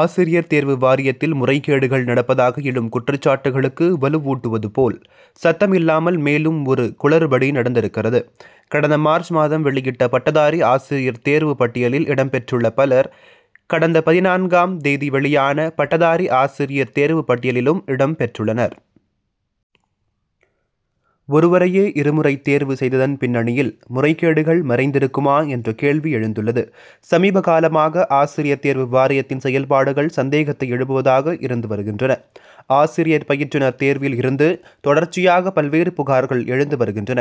ஆசிரியர் தேர்வு வாரியத்தில் முறைகேடுகள் நடப்பதாக எழும் குற்றச்சாட்டுகளுக்கு வலுவூட்டுவது போல், சத்தம் இல்லாமல் மேலும் ஒரு குளறுபடி நடந்திருக்கிறது. கடந்த மார்ச் மாதம் வெளியிட்ட பட்டதாரி ஆசிரியர் தேர்வுப் பட்டியலில் இடம்பெற்றுள்ள பலர், கடந்த பதினான்காம் தேதி வெளியான பட்டதாரி ஆசிரியர் தேர்வுப் பட்டியலிலும் இடம் பெற்றுள்ளனர். ஒருவரையே, இருமுறை தேர்வு செய்ததன் பின்னணியில், முறைகேடுகள் மறைந்திருக்குமா என்ற கேள்வி எழுந்துள்ளது. சமீப காலமாக, ஆசிரியர் தேர்வு வாரியத்தின் செயல்பாடுகள், சந்தேகத்தை எழுப்புவதாக இருந்து வருகின்றன. ஆசிரியர் பயிற்றுனர் தேர்வில் இருந்து, தொடர்ச்சியாக பல்வேறு புகார்கள் எழுந்து வருகின்றன.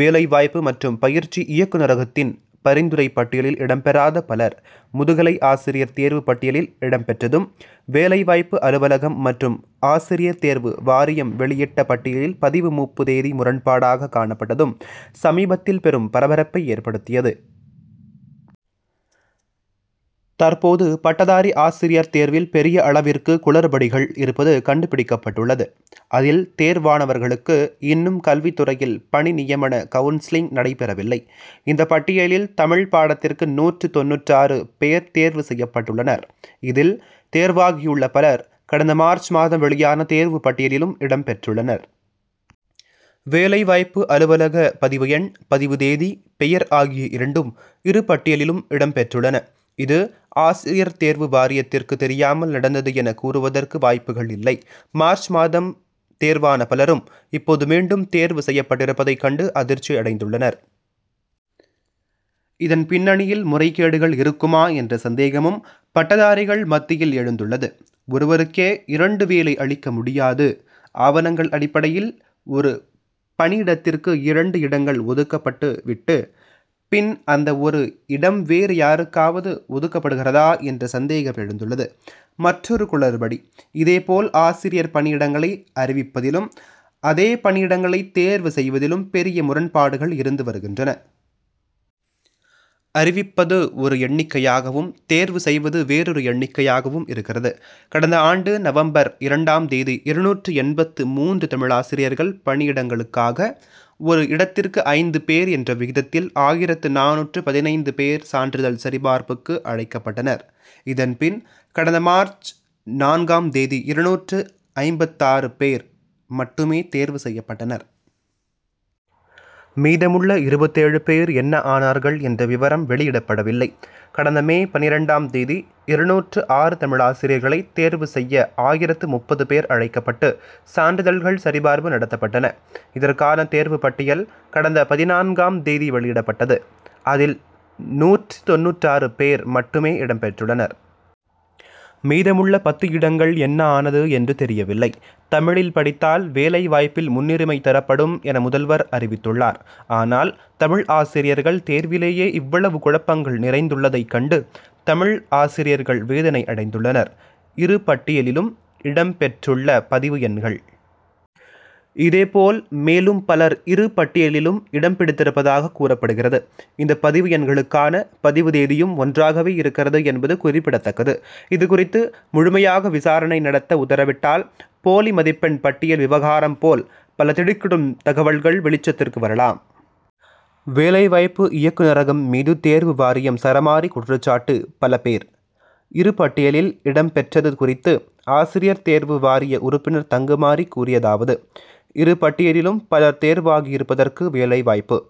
வேலைவாய்ப்பு மற்றும் பயிற்சி இயக்குனரகத்தின் பரிந்துரைப் பட்டியலில் இடம்பெறாத பலர், முதுகலை ஆசிரியர் தேர்வுப் பட்டியலில் இடம்பெற்றதும், வேலைவாய்ப்பு அலுவலகம் மற்றும் ஆசிரியர் தேர்வு வாரியம் வெளியிட்ட பட்டியலில் பதிவு மூப்பு தேதி முரண்பாடாக காணப்பட்டதும், சமீபத்தில் பெரும் பரபரப்பை ஏற்படுத்தியது. தற்போது, பட்டதாரி ஆசிரியர் தேர்வில் பெரிய அளவிற்கு குளறுபடிகள் இருப்பது கண்டுபிடிக்கப்பட்டுள்ளது. அதில், தேர்வானவர்களுக்கு இன்னும் கல்வித் துறையில் பணி நியமன கவுன்சிலிங் நடைபெறவில்லை. இந்தப் பட்டியலில், தமிழ்ப் பாடத்திற்கு நூற்று தொண்ணூற்றாறு பேர் தேர்வு செய்யப்பட்டுள்ளனர். இதில், தேர்வாகியுள்ள பலர், கடந்த மார்ச் மாதம் வெளியான தேர்வுப் பட்டியலிலும் இடம் பெற்றுள்ளனர். வேலைவாய்ப்பு அலுவலக பதிவு எண், பதிவு தேதி, பெயர் ஆகிய இரண்டும், இரு பட்டியலிலும் இடம் பெற்றுள்ளன. இது, ஆசிரியர் தேர்வு வாரியத்திற்கு தெரியாமல் நடந்தது என கூறுவதற்கு வாய்ப்புகள் இல்லை. மார்ச் மாதம் தேர்வான பலரும், இப்போது மீண்டும் தேர்வு செய்யப்பட்டிருப்பதைக் கண்டு அதிர்ச்சி அடைந்துள்ளனர். இதன் பின்னணியில், முறைகேடுகள் இருக்குமா என்ற சந்தேகமும், பட்டதாரிகள் மத்தியில் எழுந்துள்ளது. ஒருவருக்கே, இரண்டு வேலை அளிக்க முடியாது. ஆவணங்கள் அடிப்படையில் ஒரு பணியிடத்திற்கு இரண்டு இடங்கள் ஒதுக்கப்பட்டு விட்டு, பின் அந்த ஒரு இடம் வேறு யாருக்காவது ஒதுக்கப்படுகிறதா என்ற சந்தேகம் எழுந்துள்ளது. மற்றொரு குளறுபடி: இதேபோல், ஆசிரியர் பணியிடங்களை அறிவிப்பதிலும், அதே பணியிடங்களை தேர்வு செய்வதிலும் பெரிய முரண்பாடுகள் இருந்து வருகின்றன. அறிவிப்பது ஒரு எண்ணிக்கையாகவும், தேர்வு செய்வது வேறொரு எண்ணிக்கையாகவும் இருக்கிறது. கடந்த ஆண்டு நவம்பர் இரண்டாம் தேதி, இருநூற்று எண்பத்து மூன்று தமிழாசிரியர்கள் பணியிடங்களுக்காக, ஒரு இடத்திற்கு ஐந்து பேர் என்ற விகிதத்தில் ஆயிரத்து நானூற்று பதினைந்து பேர் சான்றிதழ் சரிபார்ப்புக்கு அழைக்கப்பட்டனர். இதன் பின், கடந்த மார்ச் நான்காம் தேதி, இருநூற்று ஐம்பத்தாறு பேர் மட்டுமே தேர்வு செய்யப்பட்டனர். மீதமுள்ள இருபத்தேழு பேர் என்ன ஆனார்கள் என்ற விவரம் வெளியிடப்படவில்லை. கடந்த மே பன்னிரண்டாம் தேதி, இருநூற்று ஆறு தமிழாசிரியர்களை தேர்வு செய்ய ஆயிரத்து முப்பது பேர் அழைக்கப்பட்டு, சான்றிதழ்கள் சரிபார்ப்பு நடத்தப்பட்டன. இதற்கான தேர்வுப் பட்டியல், கடந்த பதினான்காம் தேதி வெளியிடப்பட்டது. அதில், நூற்று தொண்ணூற்றாறு பேர் மட்டுமே இடம் பெற்றுள்ளனர். மீதமுள்ள பத்து இடங்கள் என்ன ஆனது என்று தெரியவில்லை. தமிழில் படித்தால், வேலைவாய்ப்பில் முன்னுரிமை தரப்படும் என முதல்வர் அறிவித்துள்ளார். ஆனால், தமிழ் ஆசிரியர்கள் தேர்விலேயே இவ்வளவு குழப்பங்கள் நிறைந்துள்ளதைக் கண்டு, தமிழ் ஆசிரியர்கள் வேதனை அடைந்துள்ளனர். இரு பட்டியலிலும் இடம் பிடித்துள்ள பதிவு எண்கள்,. இதேபோல், மேலும் பலர் இரு பட்டியலிலும் இடம் பிடித்திருப்பதாகக் கூறப்படுகிறது. இந்த பதிவு எண்களுக்கான, பதிவு தேதியும் ஒன்றாகவே இருக்கிறது என்பது குறிப்பிடத்தக்கது. இது குறித்து, முழுமையாக விசாரணை நடத்த உத்தரவிட்டால், போலி மதிப்பெண் பட்டியல் விவகாரம் போல், பல திடுக்கிடும் தகவல்கள் வெளிச்சத்திற்கு வரலாம். வேலைவாய்ப்பு இயக்குனரகம் மீது தேர்வு வாரியம் சரமாரி குற்றச்சாட்டு பல பேர், இரு பட்டியலில் இடம் பெற்றது குறித்து, ஆசிரியர் தேர்வு வாரிய உறுப்பினர் தங்கமாரி கூறியதாவது: இரு பட்டியலிலும் பலர் தேர்வாகியிருப்பதற்கு, வேலைவாய்ப்பு